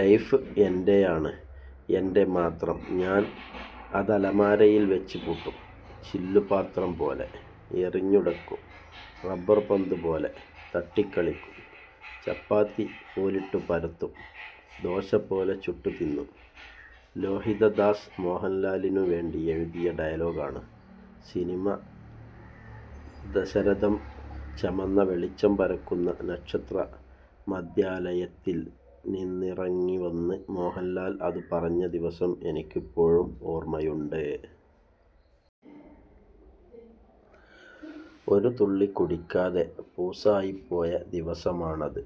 Life എൻ്റെയാണ്, എൻ്റെ മാത്രം. ഞാൻ അതലമാരയിൽ വച്ച് പൂട്ടും, ചില്ലു പാത്രം പോലെ എറിഞ്ഞുടയ്ക്കും, റബ്ബർ പന്തു പോലെ തട്ടിക്കളിക്കും, ചപ്പാത്തി പോലിട്ടു പരത്തും, ദോശ പോലെ ചുട്ടു തിന്നും. ലോഹിതദാസ് മോഹൻലാലിനു വേണ്ടി എഴുതിയ ഡയലോഗാണ്, സിനിമ ദശരഥം. ചെമന്ന വെളിച്ചം പരക്കുന്ന നക്ഷത്ര മദ്യാലയത്തിൽ നിന്നിറങ്ങിവന്ന് മോഹൻലാൽ അതു പറഞ്ഞ ദിവസം എനിക്കിപ്പോഴും ഓർമയുണ്ട്. ഒരു തുള്ളി കുടിക്കാതെ പൂസായിപ്പോയ ദിവസമാണത്.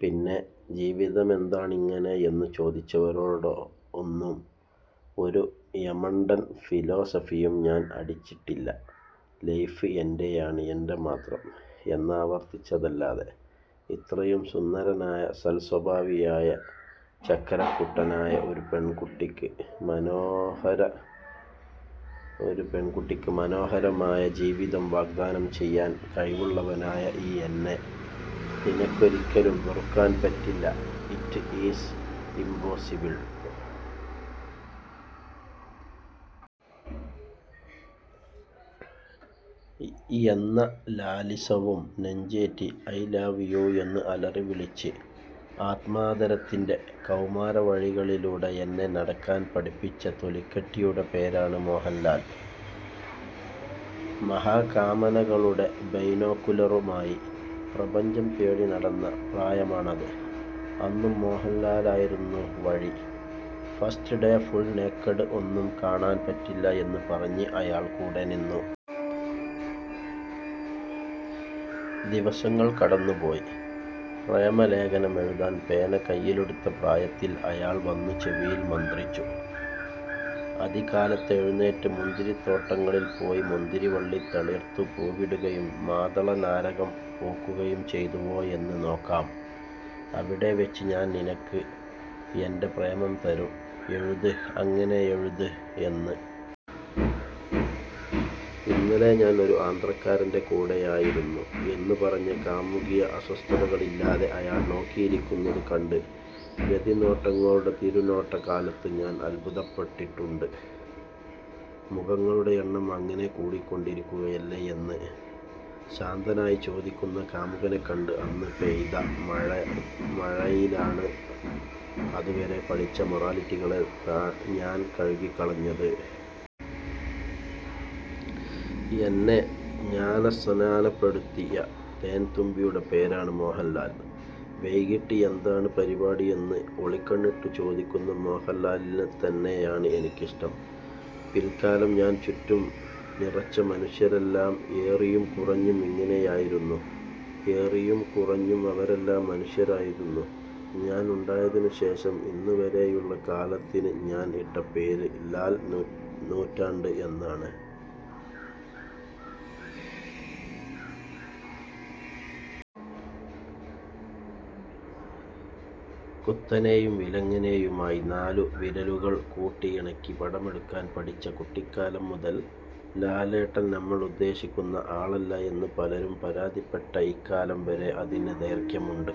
പിന്നെ, ജീവിതമെന്താണിങ്ങനെ എന്നു ചോദിച്ചവരോടൊന്നും ഒരു യമണ്ടൻ ഫിലോസഫിയും ഞാൻ അടിച്ചിട്ടില്ല, ലൈഫ് എൻ്റെയാണ് എൻ്റെ മാത്രം എന്നാവർത്തിച്ചതല്ലാതെ. ഇത്രയും സുന്ദരനായ, സൽസ്വഭാവിയായ, ചക്കരക്കുട്ടനായ, ഒരു പെൺകുട്ടിക്ക് മനോഹരമായ ജീവിതം വാഗ്ദാനം ചെയ്യാൻ കഴിവുള്ളവനായ ഈ എന്നെ നിനക്കൊരിക്കലും വെറുക്കാൻ പറ്റില്ല, ഇറ്റ് ഈസ് ഇമ്പോസിബിൾ. എന്ന ലാലിസവും നെഞ്ചേറ്റി, ഐ ലവ് യൂ എന്ന് അലറി വിളിച്ച് ആത്മാദരത്തിൻ്റെ കൗമാരവഴികളിലൂടെ എന്നെ നടക്കാൻ പഠിപ്പിച്ച തൊലിക്കട്ടിയുടെ പേരാണ് മോഹൻലാൽ. മഹാകാമനകളുടെ ബൈനോക്കുലറുമായി പ്രപഞ്ചം തേടി നടന്ന പ്രായമാണത്. അന്നും മോഹൻലാലായിരുന്നു വഴി. ഫസ്റ്റ് ഡേ ഫുൾ നേക്കഡ് ഒന്നും കാണാൻ പറ്റില്ല എന്ന് പറഞ്ഞ് അയാൾ കൂടെ നിന്നു. ദിവസങ്ങൾ കടന്നു പോയി. പ്രേമലേഖനമെഴുതാൻ പേന കൈയിലെടുത്ത പ്രായത്തിൽ അയാൾ വന്ന് ചെവിയിൽ മന്ത്രിച്ചു, അതികാലത്തെഴുന്നേറ്റ് മുന്തിരിത്തോട്ടങ്ങളിൽ പോയി മുന്തിരിവള്ളി തളിർത്തു പൂവിടുകയും മാതള നാരകം പൂക്കുകയും ചെയ്തുവോ എന്ന് നോക്കാം, അവിടെ വച്ച് ഞാൻ നിനക്ക് എൻ്റെ പ്രേമം തരും, എഴുത് അങ്ങനെയെഴുത് എന്ന്. ഇന്നലെ ഞാൻ ഒരു ആന്ധ്രക്കാരൻ്റെ കൂടെയായിരുന്നു എന്ന് പറഞ്ഞ കാമുകിയെ അസ്വസ്ഥതകളില്ലാതെ അയാൾ നോക്കിയിരിക്കുന്നത് കണ്ട് രതിനോട്ടങ്ങളുടെ തിരനോട്ടകാലത്ത് ഞാൻ അത്ഭുതപ്പെട്ടിട്ടുണ്ട്, മുഖങ്ങളുടെ എണ്ണം അങ്ങനെ കൂടിക്കൊണ്ടിരിക്കുകയല്ലേ എന്ന് ശാന്തനായി ചോദിക്കുന്ന കാമുകനെ കണ്ട്. അന്ന് പെയ്ത മഴയിലാണ് അതുവരെ പഠിച്ച മൊറാലിറ്റികളെ ഞാൻ കഴുകിക്കളഞ്ഞത്. എന്നെ ജ്ഞാനസ്നാനപ്പെടുത്തിയ തേൻതുമ്പിയുടെ പേരാണ് മോഹൻലാൽ. വൈകിട്ട് എന്താണ് പരിപാടി എന്ന് ഒളികണ്ണിട്ടു ചോദിക്കുന്ന മോഹൻലാലിനെത്തന്നെയാണ് എനിക്കിഷ്ടം. പിൽക്കാലം ഞാൻ ചുറ്റും നിറച്ച മനുഷ്യരെല്ലാം ഏറിയും കുറഞ്ഞും ഇങ്ങനെയായിരുന്നു. ഏറിയും കുറഞ്ഞും അവരെല്ലാം മനുഷ്യരായിരുന്നു. ഞാൻ ഉണ്ടായതിനു ശേഷം ഇന്നുവരെയുള്ള കാലത്തിന് ഞാൻ ഇട്ട പേര് ലാൽ നൂറ്റാണ്ട് എന്നാണ്. കുത്തനെയും വിലങ്ങനെയുമായി നാലു വിരലുകൾ കൂട്ടിയിണക്കി പടമെടുക്കാൻ പഠിച്ച കുട്ടിക്കാലം മുതൽ, ലാലേട്ടൻ നമ്മൾ ഉദ്ദേശിക്കുന്ന ആളല്ല എന്ന് പലരും പരാതിപ്പെട്ട ഇക്കാലം വരെ അതിന് ദൈർഘ്യമുണ്ട്.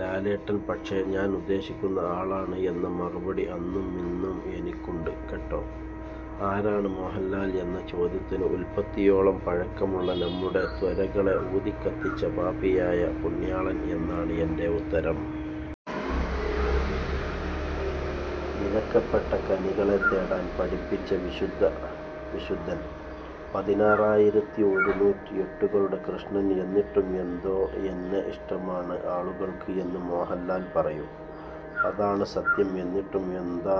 ലാലേട്ടൻ പക്ഷേ ഞാൻ ഉദ്ദേശിക്കുന്ന ആളാണ് എന്ന മറുപടി അന്നുമിന്നും എനിക്കുണ്ട് കേട്ടോ. ആരാണ് മോഹൻലാൽ എന്ന ചോദ്യത്തിന്, ഉൽപ്പത്തിയോളം പഴക്കമുള്ള നമ്മുടെ ത്വരകളെ ഊതിക്കത്തിച്ച പാപിയായ പുണ്യാളൻ എന്നാണ് എൻ്റെ ഉത്തരം. വിലക്കപ്പെട്ട കനികളെ തേടാൻ പഠിപ്പിച്ച വിശുദ്ധൻ, പതിനാറായിരത്തി ഒരുന്നൂറ്റി എട്ടുകളുടെ കൃഷ്ണൻ. എന്നിട്ടും എന്തോ, എന്നെ ഇഷ്ടമാണ് ആളുകൾക്ക് എന്ന് മോഹൻലാൽ പറയും. അതാണ് സത്യം. എന്നിട്ടും എന്തോ,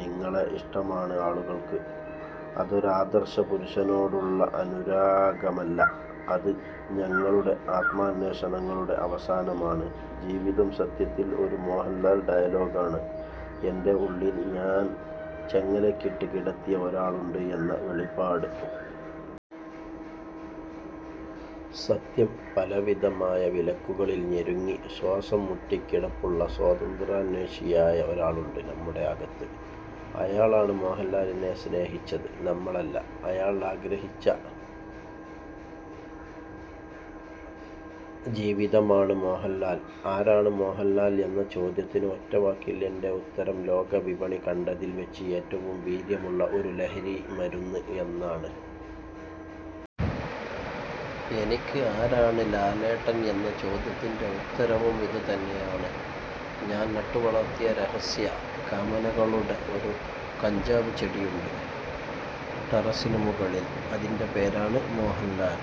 നിങ്ങളെ ഇഷ്ടമാണ് ആളുകൾക്ക്. അതൊരാദർശ പുരുഷനോടുള്ള അനുരാഗമല്ല. അത് ഞങ്ങളുടെ ആത്മാന്വേഷണങ്ങളുടെ അവസാനമാണ്. ജീവിതം സത്യത്തിൽ ഒരു മോഹൻലാൽ ഡയലോഗാണ്, എൻ്റെ ഉള്ളിൽ ഞാൻ ചങ്ങലയ്ക്കിട്ട് കിടത്തിയ ഒരാളുണ്ട് എന്ന വെളിപാട്. സത്യം, പല വിധമായ വിലക്കുകളിൽ ഞെരുങ്ങി ശ്വാസം മുട്ടിക്കിടപ്പുള്ള സ്വാതന്ത്ര്യാന്വേഷിയായ ഒരാളുണ്ട് നമ്മുടെ അകത്ത്. അയാളാണ് മോഹൻലാലിനെ സ്നേഹിച്ചത്, നമ്മളല്ല. അയാൾ ആഗ്രഹിച്ച ജീവിതമാണ് മോഹൻലാൽ. ആരാണ് മോഹൻലാൽ എന്ന ചോദ്യത്തിന് ഒറ്റ വാക്കിൽ എൻ്റെ ഉത്തരം, ലോകവിപണി കണ്ടതിൽ വച്ച് ഏറ്റവും വീര്യമുള്ള ഒരു ലഹരിമരുന്ന് എന്നാണ്. എനിക്ക് ആരാണ് ലാലേട്ടൻ എന്ന ചോദ്യത്തിൻ്റെ ഉത്തരവും ഇതുതന്നെയാണ്. ഞാൻ നട്ടുവളർത്തിയ രഹസ്യ കാമനകളുടെ ഒരു കഞ്ചാവു ചെടിയുണ്ട് ടെറസ്സിന് മുകളിൽ, അതിൻ്റെ പേരാണ് മോഹൻലാൽ.